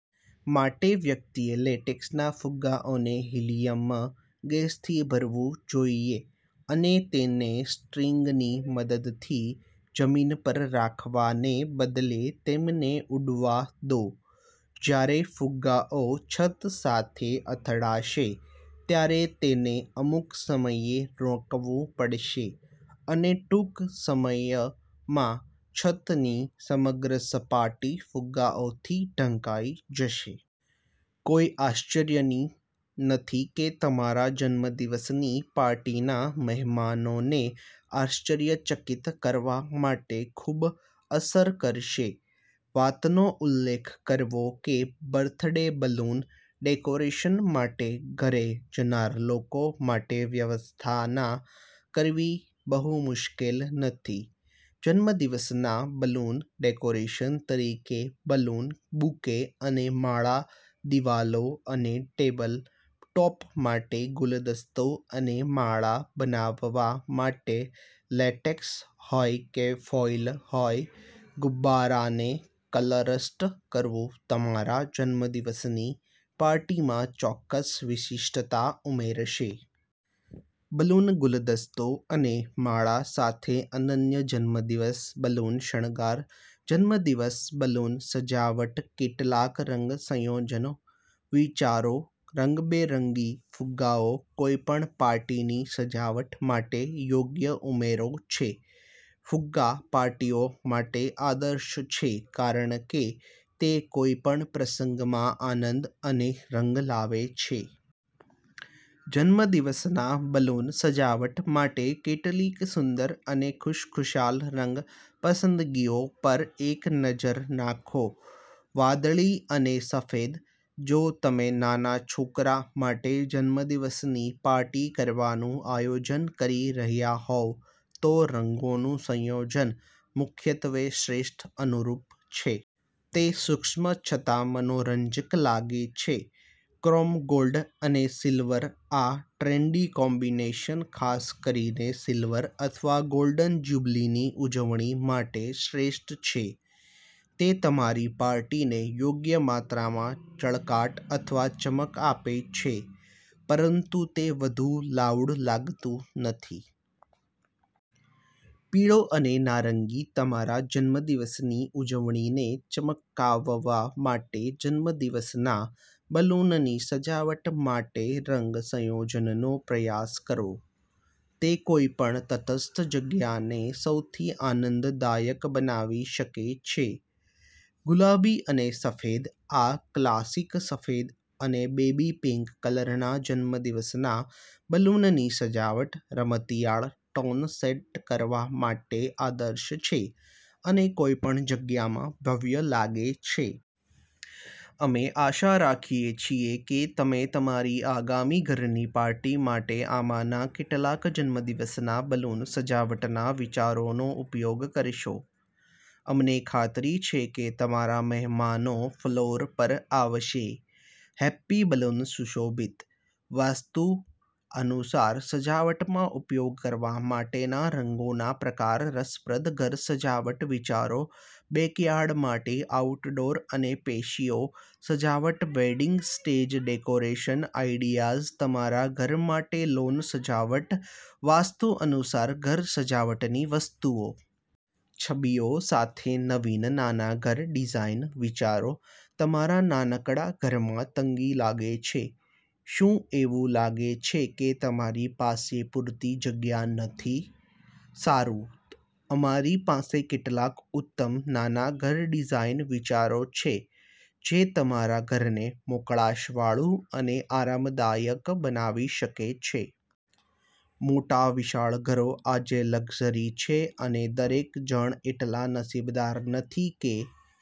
માટે, વ્યક્તિએ લેટેક્સના ફુગ્ગાઓને હિલીયમ ગેસથી ભરવું જોઈએ અને, તેને સ્ટ્રિંગની મદદથી જમીન પર રાખવાને બદલે, તેમને ઉડવા દો. જ્યારે ફુગ્ગાઓ છત સાથે અથડાશે ત્યારે તેને અમુક સમયે રોકવું પડશે અને ટૂંક સમયમાંછતની સમગ્ર સપાટી ફુગ્ગાઓથી ઢંકાઈ જશે. કોઈ આશ્ચર્ય નથી કેતમારા જન્મદિવસની પાર્ટીના મહેમાનોને આશ્ચર્યચકિત કરવા માટે ખૂબ અસર કરશે. વાતનો ઉલ્લેખકરવો કે બર્થડે બલૂન ડેકોરેશન માટે ઘરે જનારા લોકો માટેવ્યવસ્થા કરવી બહુ મુશ્કેલ નથી. જન્મદિવસના બલૂન ડેકોરેશન તરીકે બલૂન બુકે અને માળા દીવાલો અને ટેબલ ટોપ માટે ગુલદસ્તો અને માળા બનાવવા માટે, લેટેક્સ હોય કે ફોઈલ હોય, ગુબ્બારાને ક્લસ્ટર કરવું તમારા જન્મદિવસની પાર્ટીમાં ચોક્કસ વિશિષ્ટતા ઉમેરશે. બલૂન ગુલદસ્તો અને માળા સાથે અનન્ય જન્મદિવસ બલૂન શણગાર જન્મદિવસ બલૂન સજાવટકેટલાક રંગ સંયોજન વિચારો રંગબેરંગી ફુગ્ગાઓ કોઈપણ પાર્ટીની સજાવટ માટે યોગ્ય ઉમેરો છે, ફુગ્ગા પાર્ટીઓ માટે આદર્શ છે કારણ કે તે કોઈપણ પ્રસંગમાં આનંદ અને રંગ લાવે છે. જન્મદિવસના બલૂન સજાવટ માટે કેટલીક સુંદર અને ખુશખુશાલ રંગ પસંદગીઓ પર એક નજર નાખો. વાદળી અને સફેદજો તમે નાના છોકરા માટે જન્મદિવસની પાર્ટી કરવાનું આયોજન કરી રહ્યા હોવ તો રંગોનુંસંયોજન મુખ્યત્વે શ્રેષ્ઠ અનુરૂપ છે. તે સૂક્ષ્મ છતાં મનોરંજક લાગે છે. ક્રોમ ગોલ્ડ અને સિલ્વરઆ ટ્રેન્ડી કોમ્બિનેશન ખાસ કરીને સિલ્વર અથવા ગોલ્ડન જ્યુબિલીની ઉજવણી માટે શ્રેષ્ઠ છે. તે તમારી પાર્ટીને યોગ્ય માત્રામાં ચળકાટ અથવા ચમક આપે છે પરંતુ તે વધુ લાઉડ લાગતું નથી. પીળો અને નારંગીતમારા જન્મદિવસની ઉજવણીને ચમકાવવા માટે, જન્મદિવસના બલૂનની સજાવટ માટેરંગ સંયોજનનો પ્રયાસ કરો. તે કોઈપણ તટસ્થ જગ્યાને સૌથી આનંદદાયક બનાવી શકે છે. ગુલાબી અને સફેદઆ ક્લાસિક સફેદ અને બેબી પિંક કલરના જન્મદિવસના બલૂનની સજાવટ રમતિયાળ ટોન સેટ કરવા માટે આદર્શ છે અને કોઈપણ જગ્યામાં ભવ્ય લાગે છે. અમે આશા રાખીએ છીએ કે તમે તમારી આગામી ઘરની પાર્ટી માટે આમાંના કેટલાક જન્મદિવસના બલૂન સજાવટના વિચારોનો ઉપયોગ કરશો. અમને ખાતરી છે કે તમારા મહેમાનો ફ્લોર પર આવશે. હેપી બલૂન સુશોભિત! વાસ્તુ અનુસાર સજાવટમાં ઉપયોગ કરવા માટેના રંગોના પ્રકાર રસપ્રદ ઘર સજાવટ વિચારો બેકયાર્ડ્સ માટે આઉટડોર અને પેશિયો સજાવટ વેડિંગ સ્ટેજ ડેકોરેશન આઈડિયાઝ તમારા ઘર માટે લૉન સજાવટ વાસ્તુ અનુસાર ઘર સજાવટની વસ્તુઓ+.. છબીઓ સાથે નવીન નાના ઘર ડિઝાઇન વિચારો તમારા નાનકડા ઘરમાં તંગી લાગે છે? શું એવું લાગે છે કે તમારી પાસે પૂરતી જગ્યા નથી? સારું, અમારી પાસે કેટલાક ઉત્તમ નાના ઘર ડિઝાઇન વિચારો છે જે તમારા ઘરને મોકળાશવાળું અને આરામદાયક બનાવી શકે છે. મોટા, વિશાળ ઘરો આજે લક્ઝરી છે અને દરેક જણ એટલા નસીબદાર નથી કે